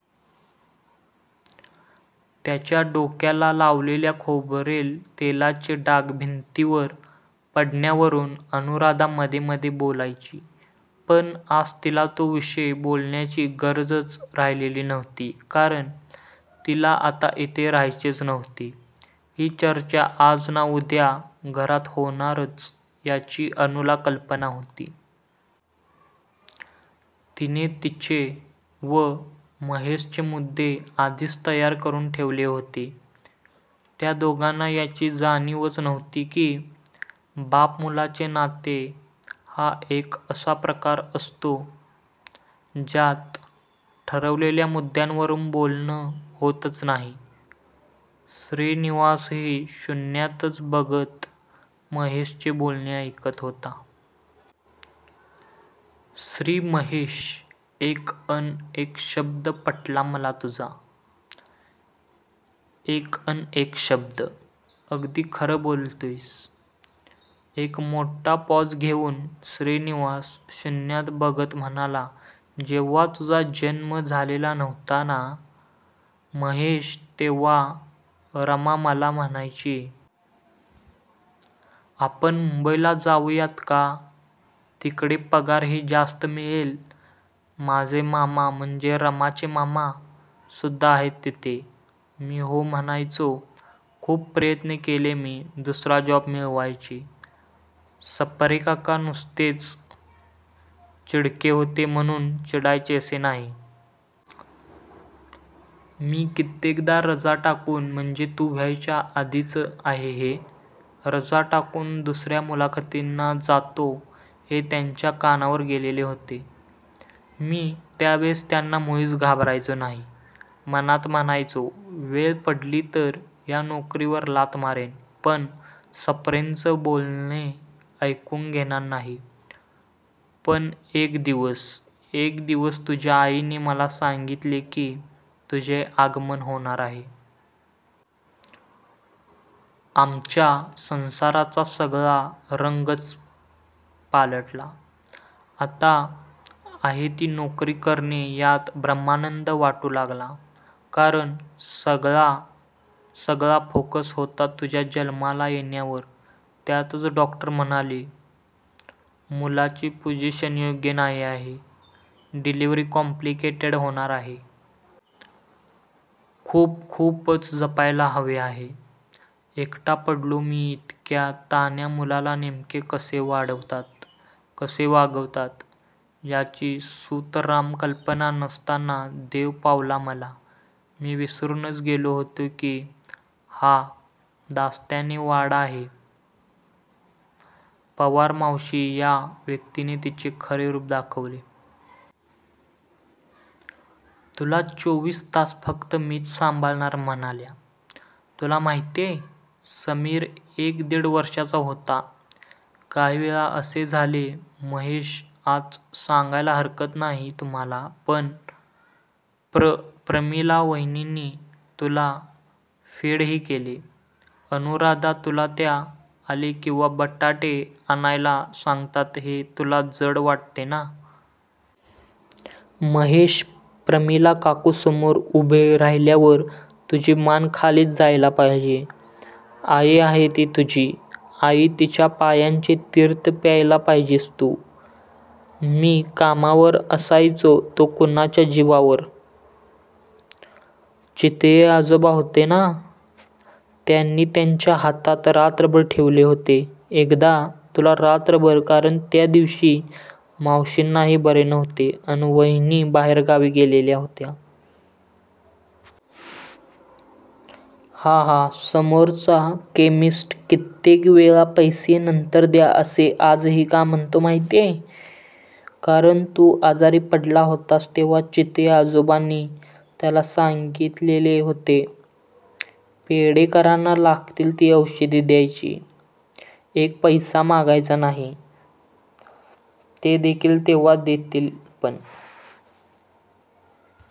त्याच्या डोक्याला लावलेल्या खोबरेल तेलाचे डाग भिंतीवर पडण्यावरून अनुराधा मधेमधे बोलायची! पण आज तिला तो विषय बोलण्याची गरजच राहिलेली नव्हती! कारण तिला आता इथे राहायचेच नव्हते. ही चर्चा आज ना उद्या घरात होणारच याची अनुला कल्पना होती. तिने तिचे व महेशचे मुद्दे आधीच तयार करून ठेवले होते. त्या दोघांना याची जाणीवच नव्हती, की बाप मुलाचे नाते हा एक असा प्रकार असतो. ज्यात ठरवलेल्या मुद्यांवरून बोलणे होतच नाही. श्रीनिवासही शुन्यातच बघत महेशचे बोलणे ऐकत होता. श्री महेश एक अन एक शब्द पटला मला तुझा एक अन एक शब्द! अगदी खरं बोलतोयस. एक मोठा पॉझ घेऊन श्रीनिवास शुन्यात बघत म्हणाला. जेव्हा तुझा जन्म झालेला नव्हता ना महेश तेव्हा रमा मला म्हणायची. आपण मुंबईला जाऊयात का? तिकडे पगारही जास्त मिळेल. माझे मामा, म्हणजे रमाचे मामा, सुद्धा आहेत तिथे मी हो म्हणायचो. खूप प्रयत्न केले मी दुसरा जॉब मिळवायचे. सप्रेकाका नुसतेच चिडके होते म्हणून चिडायचे असे नाही. मी कित्येकदा रजा टाकून म्हणजे तू व्हायच्या आधीचं आहे हे रजा टाकून दुसर्या मुलाखतींना जातो हे त्यांच्या कानावर गेलेले होते. मी त्यावेळेस त्यांना मुळीच घाबरायचो नाही. मनात म्हणायचो. वेळ पडली तर या नोकरीवर लाथ मारेन, पण सप्रेंचे बोलणे ऐकून घेणार नाही पण एक दिवस एक दिवस तुझ्या आईने मला सांगीतले, की तुझे आगमन होणार आहे. आमच्या संसाराचा सगळा रंगच पालटला. आता आहे ती नोकरी करणे यात ब्रह्मानंद वाटू लागला. कारण सगळा सगळा फोकस होता तुझ्या जन्माला येण्यावर त्यातच डॉक्टर म्हणाले. मूलाची पोझिशन योग्य नाही आहे... डिलीव्हरी कॉम्प्लिकेटेड होणार आहे. खूप खूपच जपायला हवे आहे. एकटा पडलो मी इतक्या तान्ह्या मुलाला नेमके कसे वाढवतात, कसे वागवतात याची सुतराम कल्पना नसताना देव पावला मला मी विसरूनच गेलो होतो की हा दास्ताने वाडा आहे. पवार मावशी या व्यक्तीने तिचे खरे रूप दाखवले. तुला चोवीस तास फक्त मीच सांभाळणार म्हणाल्या. तुला माहितीय? समीर एक दिड वर्षाचा होता. काही वेळा असे झाले महेश आज सांगायला हरकत नाही तुम्हाला पण प्र प्रमिला वहिनींनी तुला फीडही केले. अनुराधा तुला त्या आले किंवा बटाटे आणायला सांगतात हे तुला जड वाटते ना?? महेश प्रमिला काकू समोर उभे राहिल्यावर तुझी मान खालीच जायला पाहिजे. आई आहे ती तुझी आई तिच्या पायांचे तीर्थ प्यायला पाहिजेस तू मी कामावर असायचो तो कुणाच्या जीवावर? चितळे आजोबा होते ना? त्यांनी त्यांच्या हातात रात्रभर ठेवले होते एकदा तुला रात्रभर कारण त्या दिवशी मावशींनाही बरे नव्हते अन वहिनी बाहेरगावी गेलेल्या होत्या. हा हा समोरचा केमिस्ट कित्येकवेळा पैसे नंतर द्या असे आजही का म्हणतो माहितीय? कारण तू आजारी पडला होतास तेव्हा चितळे आजोबांनी त्याला सांगीतलेले होते. पेंढारकरांना लागतील ती औषधे द्यायची. एक पैसा मागायचा नाही. ते देतील तेव्हा देतील, पण